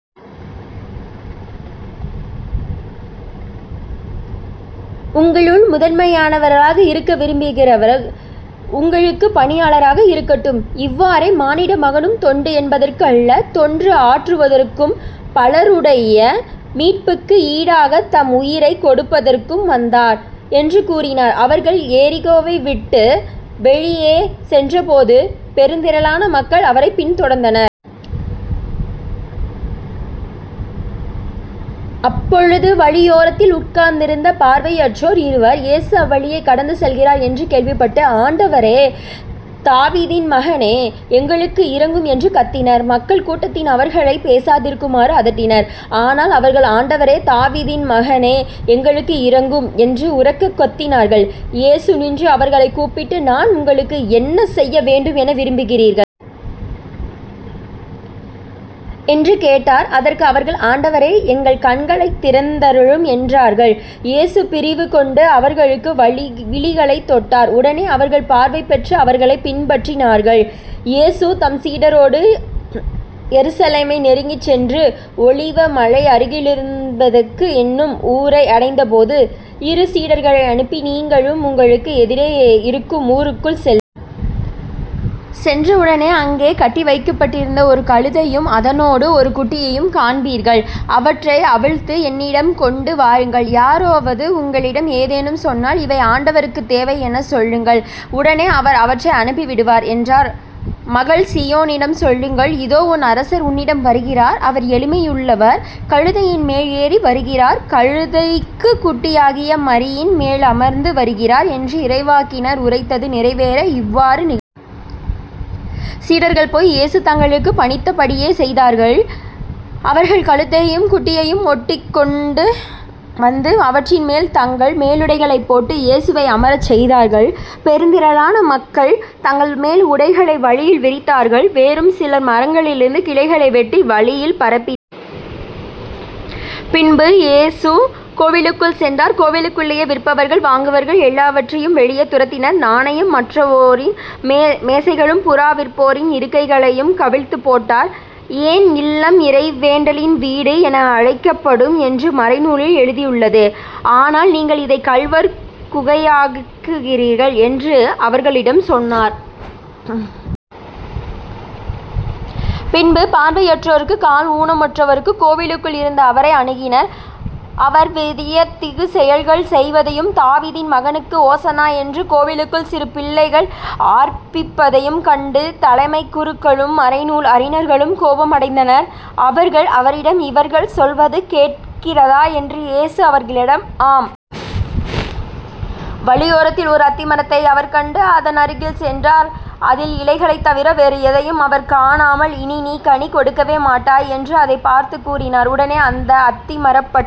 உங்களுள் முதன்மையானவராக இருக்க விரும்புகிறவர் உங்களுக்குப் பணியாளராக இருக்கட்டும். இவ்வாறே மானிட மகனும் தொண்டு ஏற்பதற்கு அல்ல, தொண்டு ஆற்றுவதற்கும் பலருடைய மீட்புக்கு ஈடாகத் தம் உயிரைக் கொடுப்பதற்கும் வந்தார்" என்று கூறினார். அவர்கள் எரிகோவை விட்டு வெளியே சென்றபோது பெருந்திரளான மக்கள் அவரைப் பின்தொடர்ந்தனர். அப்பொழுது வழியோரத்தில் உட்கார்ந்திருந்த பார்வையற்றோர் இருவர் இயேசு அவ்வழியே கடந்து செல்கிறார் என்று கேள்விப்பட்டு,"ஆண்டவரே, தாவீதின் மகனே, எங்களுக்கு இரங்கும்" என்று கத்தினர். மக்கள் கூட்டத்தினர் அவர்களைப் பேசாதிருக்குமாறு அதட்டினர். ஆனால் அவர்கள்,"ஆண்டவரே, தாவீதின் மகனே, எங்களுக்கு இரங்கும்" என்று உரக்கக் கத்தினார்கள். இயேசு நின்று, அவர்களைக் கூப்பிட்டு,"நான் உங்களுக்கு என்ன செய்ய வேண்டும் என விரும்புகிறீர்கள்? " என்று கேட்டார். அதற்கு அவர்கள்,"ஆண்டவரே, எங்கள் கண்களைத் திறந்தருளும்" என்றார்கள். இயேசு பரிவு கொண்டு அவர்களுடைய விழிகளைத் தொட்டார். உடனே அவர்கள் பார்வை பெற்று, அவரைப் பின்பற்றினார்கள். இயேசு தம் சீடரோடு எருசலேமை நெருங்கிச் சென்று ஒலிவ மலை அருகிலிருந்த பெத்பகு என்னும் ஊரை அடைந்தபோது இரு சீடர்களை அனுப்பி, "நீங்கள் உங்களுக்கு எதிரே இருக்கும் ஊருக்குள் செல்லுங்கள். சென்ற உடனே அங்கே கட்டிவைக்கப்பட்டிருக்கிற ஒரு கழுதையையும் அதனோடு ஒரு குட்டியையும் காண்பீர்கள். அவற்றை அவிழ்த்து என்னிடம் கொண்டு வாருங்கள். யாரோவது உங்களிடம் ஏதேனும் சொன்னால்,"இவை ஆண்டவருக்குத் தேவை" எனச் சொல்லுங்கள். உடனே அவர் அவற்றை அனுப்பிவிடுவார்" என்றார். "மகள் சீயோனிடம் சொல்லுங்கள் இதோ உன் அரசர் உன்னிடம் வருகிறார் அவர் எளிமையுள்ளவர் கழுதையின் மேல் ஏறி வருகிறார் கழுதைக்குட்டியாகிய மறியின் மேல் அமர்ந்து வருகிறார்" என்று இறைவாக்கினர் உரைத்தது நிறைவேற இவ்வாறு நிகழ்ந்தது. சீடர்கள் போய் இயேசு தங்களுக்குப் பணித்த படியே செய்தார்கள். அவர்கள் கழுதையையும் குட்டியையும் ஓட்டிக் கொண்டு வந்து, அவற்றின் மேல் தங்கள் மேலுடைகளைப் போட்டு, இயேசுவை அமரச் செய்தார்கள். பெருந்திரளான மக்கள் தங்கள் மேல் உடைகளை வழியில் விரித்தார்கள். வேறு சிலர் மரங்களிலிருந்து கிளைகளை வெட்டி வழியில் பரப்பினர். பின்பு இயேசு கோவிலுக்குள் சென்றார் கோவிலுக்குள்ளேயே விற்பவர்கள், வாங்குபவர்கள் எல்லாரையும் வெளியே துரத்தினார். நாணயம் மாற்றுவோரின் மேசைகளையும் புறா விற்போரின் இருக்கைகளையும் கவிழ்த்துப் போட்டார். "என் இல்லம் இறைவேண்டலின் வீடு என அழைக்கப்படும் என்று மறைநூலில் எழுதியுள்ளது. ஆனால் நீங்கள் இதைக் கள்வர் குகையாக்குகிறீர்கள்" என்று அவர்களிடம் சொன்னார். பின்பு பார்வையற்றோரும் கால் ஊனமுற்றோரும் கோவிலுக்குள் இருந்த அவரை அணுகினர். அவர் வியத்தகு செயல்கள் செய்வதையும்"தாவீதின் மகனுக்கு ஓசன்னா" என்று கோவிலுக்குள் சிறு பிள்ளைகள் ஆர்ப்பிப்பதையும் கண்டு தலைமைக் குருக்களும், மறைநூல் அறிஞர்களும் கோபம் அடைந்தனர். அவர்கள் அவரிடம்,"இவர்கள் சொல்வது கேட்கிறதா? " என, இயேசு அவர்களிடம்,"ஆம். வழியோரத்தில் ஓர் அத்தி மரத்தை அவர் கண்டு அதன் அருகில் சென்றார். அதில் இலைகளைத் தவிர வேறு எதையும் அவர் காணாமல்,"இனி நீ கனி கொடுக்கவே மாட்டாய்" என்று அதைப் பார்த்துக் கூறினார். உடனே அந்த அத்தி மரம் பட்டுப்